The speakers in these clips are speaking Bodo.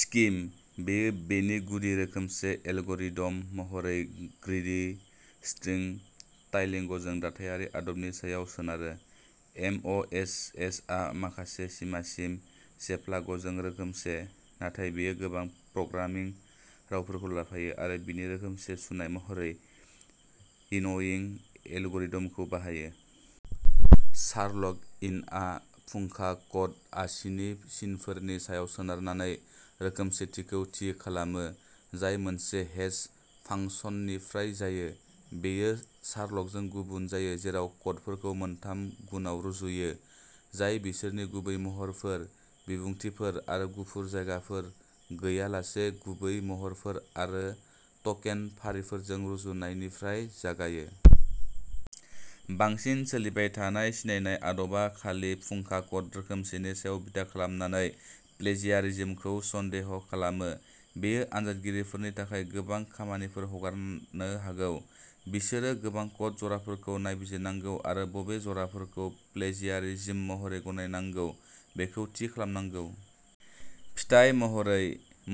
स्किम, बेयो बेनि गुदि रोखोमसे एलगरिद'म महरै ग्रीडी-स्ट्रिं-टाइलिंगजों दाथायारि आदबनि सायाव सोनारो। एम अ एस एसआ माखासे सिमासिम जेप्लागजों रोखोमसे। नाथाय बेयो गोबां प्रग्रामिं रावफोरखौ लाफायो आरो बिनि रोखोमसे सुनाय महरै विन'विं एलगरिद'मखौ बाहायो। शार्लक इनआ फुंखा क'ड आसिनि सिनफोरनि सायाव सोनारनानै रोखोमसेथिखौ थि खालामो, जाय मोनसे हेश फांसननिफ्राय जायो। बेयो शार्लकजों गुबुन जायो जेराव क'डफोरखौ मोनथाम गुनआव रुजुयो, जाय बिसोरनि गुबै महरफोर, बिबुंथिफोर आरो गुफुर जायगाफोर गैयालासे गुबै महरफोर आरो टकेन फारिफोरजों रुजुननायनिफ्राय जागायो। बांसिन सोलिबाय थानाय सिनायनाय आदबा खालि फुंखा क'ड रोखोमसेनि सायाव बिथा खालामनानै प्लेजियारिजमखौ सन्देह खालामो। बेयो आनजादगिरिफोरनि थाखाय गोबां खामानिफोर हगारनो हागौ। बिसोरो गोबां क'ड जराफोरखौ नायबिजिरनांगौ आरो बबे जराफोरखौ प्लेजियारिजम महरै गनायनांगौ बेखौ थि खालामनांगौ। फिथाय महरै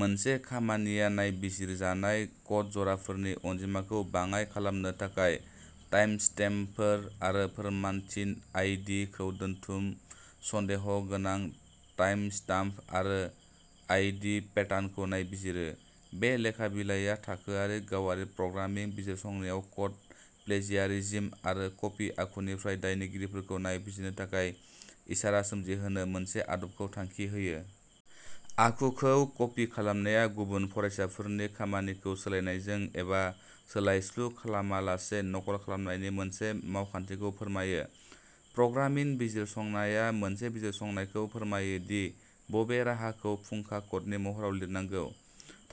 मोनसे खामानिया नायबिजिरजानाय क'ड जराफोरनि अनजिमाखौ बाङाइ खालामनो थाखाय टाइमस्टेम्पफोर आरो फोरमानथि आइ डिखौ दोनथुम। सन्देह' गोनां टाइमस्टाम्प आरो आइ डि पेटार्नखौ नायबिजिरो। बे लेखा बिलाइआ थाखोआरि गावारि प्रग्रामिं बिजिरसंनायाव क'ड प्लेजियारिजम आरो क'पि आखुनिफ्राय दायनिगिरिफोरखौ नायबिजिरनो थाखाय इसारा सोमजिहोनो मोनसे आदबखौ थांखि होयो। आखुखौ क'पि खालामनाया गुबुन फरायसाफोरनि खामानिखौ सोलायनायजों एबा सोलायस्लु खालामालासे नकल खालामनायनि मोनसे मावखान्थिखौ फोरमायो। प्रग्रामिं बिजिरसंनाया मोनसे बिजिरसंनायखौ फोरमायो दि बबे राहाखौ फुंखा क'डनि महराव लिरनांगौ।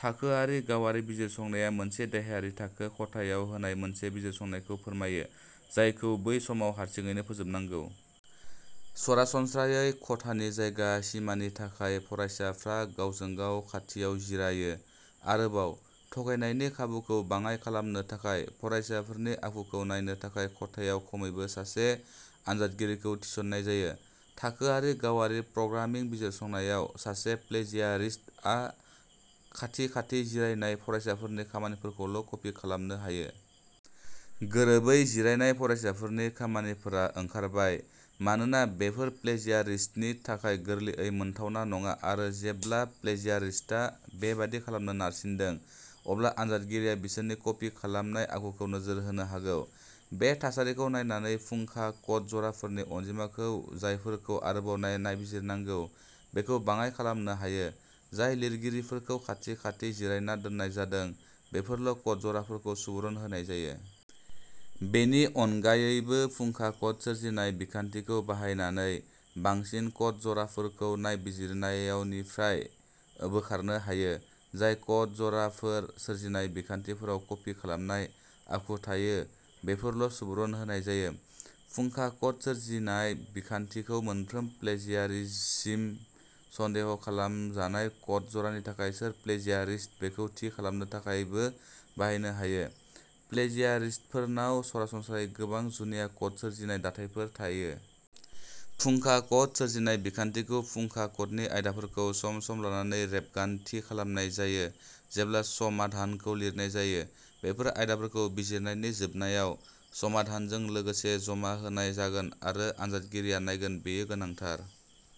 थाखोआरि गावारि बिजिरसंनाया मोनसे देहायारि थाखो खथायाव होनाय मोनसे बिजिरसंनायखौ फोरमायो, जायखौ बै समाव हारसिङैनो फोजोबनांगौ। सरासनस्रायै, खथानि जायगा सिमानि थाखाय फरायसाफ्रा गावजों गाव खाथियाव जिरायो। आरोबाव थगायनायनि खाबुखौ बाङाइ खालामनो थाखाय फरायसाफोरनि आखुखौ नायनो थाखाय खथायाव खमैबो सासे आनजादगिरिखौ थिसननाय जायो। थाखोआरि गावारि प्रग्रामिं बिजिरसंनायाव, सासे प्लेजियारिस्टआ खाथि खाथि जिरायनाय फरायसाफोरनि खामानिफोरखौल' क'पि खालामनो हायो। गोरोबै जिरायनाय फरायसाफोरनि खामानिफोरा ओंखारबाय। मानोना बेफोर प्लेजियारिस्तनि थाखाय गोरलैयै मोनथावना नङा आरो जेब्ला प्लेजियारिस्तआ बेबादि खालामनो नारसिनदों, अब्ला आनजादगिरिया बिसोरनि कपि खालामनाय आखुखौ नोजोर होनो हागौ। बे थासारिखौ नायनानै, फुंखा क'ड जराफोरनि अनजिमाखौ जायफोरखौ आरोबाव नाय-नायबिजिरनांगौ बेखौ बाङाइ खालामनो हायो। जाय लिरगिरिफोरखौ खाथि खाथि जिरायना दोननाय जादों बेफोरल' क'ड जराफोरखौ सुबुरुन होनाय जायो। बेनि अनगायैबो, फुंखा क'ड सोरजिनाय बिखान्थिखौ बाहायनानै बांसिन क'ड जराफोरखौ नायबिजिरनायावनिफ्राय बोखारनो हायो। जाय क'ड जराफोर सोरजिनाय बिखान्थिफोराव कपि खालामनाय आखु थायो बेफोरल' सुबुरुन होनाय जायो। फुंखा क'ड सोरजिनाय बिखान्थिखौ मोनफ्रोम प्लेजियारिस्टसिम सन्देह खालामजानाय क'ड जरानि थाखाय सोर प्लेजियारिस्ट बेखौ थि खालामनो थाखायबो बाहायनो हायो। प्लेजियारिस्टफोरनाव सरासनस्रायै गोबां जुनिया क'ड सोरजिनाय दाथायफोर थायो। फुंखा क'ड सोरजिनाय बिखान्थिखौ फुंखा क'डनि आयदाफोरखौ सम सम लानानै रेबगान्थि खालामनाय जायो, जेब्ला समाधानखौ लिरनाय जायो। बेफोर आयदाफोरखौ बिजिरनायनि जोबनायाव समाधानजों लोगोसे जमा होनाय जागोन आरो आनजादगिरिआ नायगोन बेयो गोनांथार।